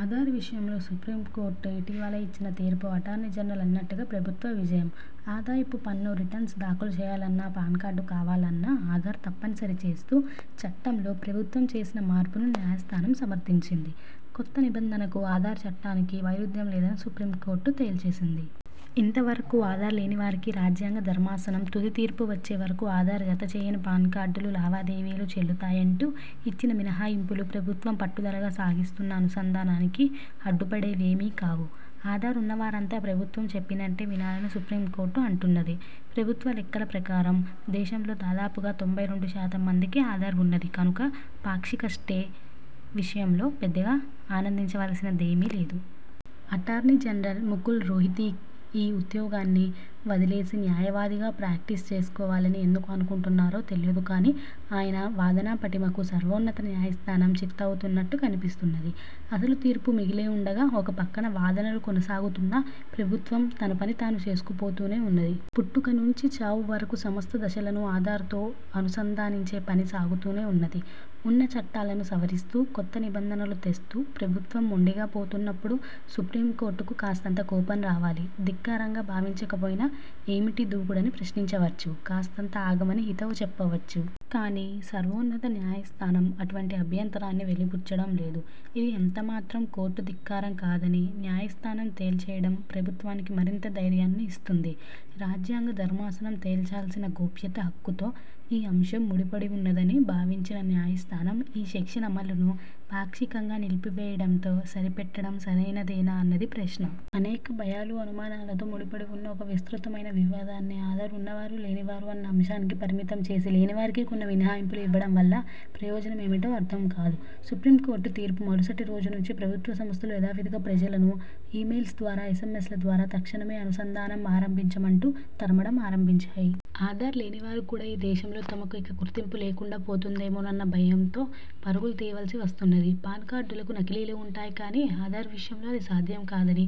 ఆధార్ విషయంలో సుప్రీంకోర్టు ఇటీవల ఇచ్చిన తీర్పు అటార్నీ జనరల్ అన్నట్టుగా ప్రభుత్వ విజయం. ఆదాయపుపన్ను రిటర్న్స్ దాఖలు చేయాలన్నా, పాన్కార్డు కావాలన్నా ఆధార్ తప్పని సరిచేస్తూ చట్టంలో ప్రభుత్వం చేసిన మార్పును న్యాయస్థానం సమర్థించింది. కొత్త నిబంధనకు, ఆధార్ చట్టానికీ వైరుధ్యం లేదని సుప్రీంకోర్టు తేల్చేసింది. ఇంతవరకూ ఆధార్ లేనివారికీ, రాజ్యాంగ ధర్మాసనం తుది తీర్పు వచ్చేవరకూ ఆధార్ జతచేయని పాన్కార్డులు, లావాదేవీలు చెల్లుతాయంటూ ఇచ్చిన మినహాయింపులూ ప్రభుత్వం పట్టుదలగా సాగిస్తున్న అనుసంధానానికి అడ్డుపడేవేమీ కావు. ఆధార్ ఉన్నవారంతా ప్రభుత్వం చెప్పినట్టే వినాలని సుప్రీంకోర్టు అంటున్నది. ప్రభుత్వ లెక్కల ప్రకారం దేశంలో దాదాపుగా తొంభై రెండుశాతం మందికి ఆధార్ ఉన్నది కనుక, 'పాక్షిక స్టే' విషయంలో పెద్దగా ఆనందించవలసిందేమీ లేదు. అటార్నీ జనరల్ ముకుల్ రోహిత్గీ ఈ ఉద్యోగాన్ని వదిలేసి, న్యాయవాదిగా ప్రాక్టీస్ చేసుకోవాలని ఎందుకు అనుకుంటున్నారో తెలియదు కానీ, ఆయన వాదనాపటిమకు సర్వోన్నత న్యాయస్థానం చిత్తవుతున్నట్టు కనిపిస్తున్నది. అసలు తీర్పు మిగిలే ఉండగా, ఒక పక్కన వాదనలు కొనసాగుతున్నా ప్రభుత్వం తన పని తాను చేసుకుపోతూనే ఉన్నది. పుట్టుక నుంచి చావు వరకూ సమస్త దశలనూ ఆధార్తో అనుసంధానించే పని సాగుతూనే ఉన్నది. ఉన్న చట్టాలను సవరిస్తూ, కొత్త నిబంధనలు తెస్తూ ప్రభుత్వం మొండిగా పోతున్నప్పుడు సుప్రీంకోర్టుకు కాస్తంత కోపం రావాలి. ధిక్కారంగా భావించకపోయినా, ఏమిటీ దూకుడని ప్రశ్నించవచ్చు. కాస్తంత ఆగమని హితవు చెప్పవచ్చు. కానీ, సర్వోన్నత న్యాయస్థానం అటువంటి అభ్యంతరాన్ని వెలిబుచ్చడం లేదు. ఇది ఎంతమాత్రం కోర్టు ధిక్కారం కాదని న్యాయస్థానం తేల్చేయడం ప్రభుత్వానికి మరింత ధైర్యాన్ని ఇస్తుంది. రాజ్యాంగ ధర్మాసనం తేల్చాల్సిన గోప్యత హక్కుతో ఈ అంశం ముడిపడివున్నదని భావించిన న్యాయస్థానం ఈ సెక్షన్ అమలును పాక్షికంగా నిలిపివేయడంతో సరిపెట్టడం సరైనదేనా అన్నది ప్రశ్న. అనేక భయాలు, అనుమానాలతో ముడిపడివున్న ఒక విస్తృతమైన వివాదాన్ని ఆధార్ ఉన్నవారూ లేనివారూ అన్న అంశానికి పరిమితం చేసి, లేనివారికి కొన్ని మినహాయింపులు ఇవ్వడం వల్ల ప్రయోజనం ఏమిటో అర్థంకాదు. సుప్రీంకోర్టు తీర్పు మరుసటి రోజు నుంచే ప్రభుత్వ సంస్థలు యథావిథిగా ప్రజలను ఈమెయిల్స్ ద్వారా, ఎస్ఎంఎస్ల ద్వారా తక్షణమే అనుసంధానం ఆరంభించమంటూ తరమడం ఆరంభించాయి. ఆధార్లేనివారు కూడా ఈ దేశంలో తమకు ఇక గుర్తింపులేకుండా పోతుందేమోనన్న భయంతో పరుగులు తీయవలసి వస్తున్నది. పాన్కార్డులకు నకిలీలు ఉంటాయి కానీ, ఆధార్ విషయంలో అది సాధ్యం కాదని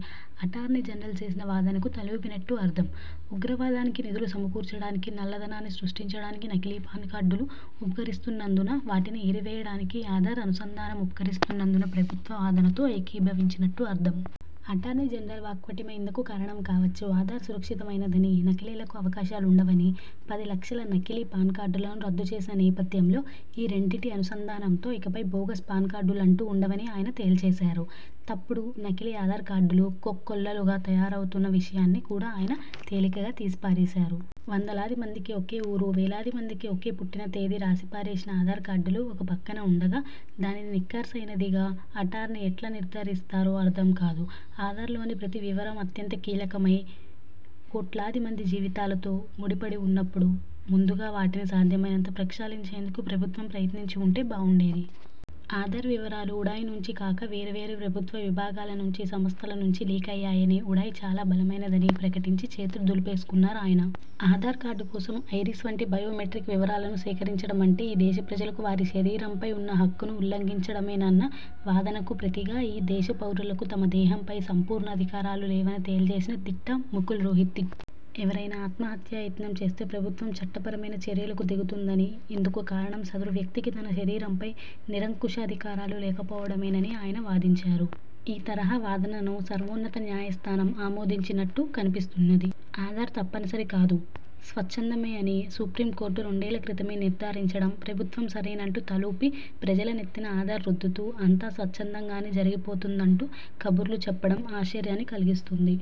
అటార్నీ జనరల్ చేసిన వాదనకు తలూపినట్టు అర్థం. ఉగ్రవాదానికి నిధులు సమకూర్చడానికీ, నల్లధనాన్ని సృష్టించడానికీ నకిలీ పాన్కార్డులు ఉపకరిస్తున్నందున వాటిని ఏరివేయడానికి ఆధార్ అనుసంధానం ఉపకరిస్తుందన్న ప్రభుత్వ వాదనతో ఏకీభవించినట్టు అర్థం. అటార్నీ జనరల్ వాక్పటిమ ఇందుకు కారణం కావచ్చు. ఆధార్ సురక్షితమైనదనీ, నకిలీలకు అవకాశాలుండవనీ, పది లక్షల నకిలీ పాన్కార్డులను రద్దుచేసిన నేపథ్యంలో ఈ రెండింటి అనుసంధానంతో ఇకపై బోగస్ పాన్కార్డులంటూ ఉండవని ఆయన తేల్చేశారు. తప్పుడు, నకిలీ ఆధార్ కార్డులు కోకొల్లలుగా తయారవుతున్న విషయాన్ని కూడా ఆయన తేలికగా తీసిపారేశారు. వందలాదిమందికి ఒకే ఊరు, వేలాది మందికి ఒకే పుట్టిన తేదీ రాసిపారేసిన ఆధార్కార్డులు ఒకపక్కన ఉండగా, దానిని నికార్సయినదిగా అటార్నీ ఎట్లా నిర్థారిస్తారో అర్థం కాదు. ఆధార్లోని ప్రతి వివరం అత్యంత కీలకమై, కోట్లాదిమంది జీవితాలతో ముడి పడివున్నప్పుడు ముందుగా వాటిని సాధ్యమైనంత ప్రక్షాళించేందుకు ప్రభుత్వం ప్రయత్నించివుంటే బాగుండేది. ఆధార్ వివరాలు ఉడాయ్ నుంచి కాక వేర్వేరు ప్రభుత్వ విభాగాల నుంచి, సంస్థల నుంచి లీకయ్యాయనీ, ఉడాయ్ చాలా బలమైనదని ప్రకటించి చేతులు దులిపేసుకున్నారు ఆయన. ఆధార్ కార్డుకోసం ఐరిస్ వంటి బయోమెట్రిక్ వివరాలను సేకరించడమంటే ఈ దేశప్రజలకు వారి శరీరంపై ఉన్న హక్కును ఉల్లంఘించడమేనన్న వాదనకు ప్రతిగా ఈ దేశ పౌరులకు తమ దేహంపై సంపూర్ణాధికారాలు లేవని తేల్చేసిన దిట్ట ముకుల్ రోహిత్గీ. ఎవరైనా ఆత్మహత్యాయత్నం చేస్తే ప్రభుత్వం చట్టపరమైన చర్యలకు దిగుతుందనీ, ఇందుకు కారణం సదరు వ్యక్తికి తన శరీరంపై నిరంకుశాధికారాలు లేకపోవడమేనని ఆయన వాదించారు. ఈ తరహా వాదనను సర్వోన్నత న్యాయస్థానం ఆమోదించినట్టు కనిపిస్తున్నది. ఆధార్ తప్పనిసరి కాదు, స్వచ్ఛందమే అని సుప్రీంకోర్టు రెండేళ్ళ క్రితమే నిర్థారించడం, ప్రభుత్వం సరేనంటూ తలూపి, ప్రజల నెత్తిన ఆధార్ రుద్దుతూ అంతా స్వచ్ఛందంగానే జరిగిపోతోందంటూ కబుర్లు చెప్పడం ఆశ్చర్యాన్ని కలిగిస్తుంది.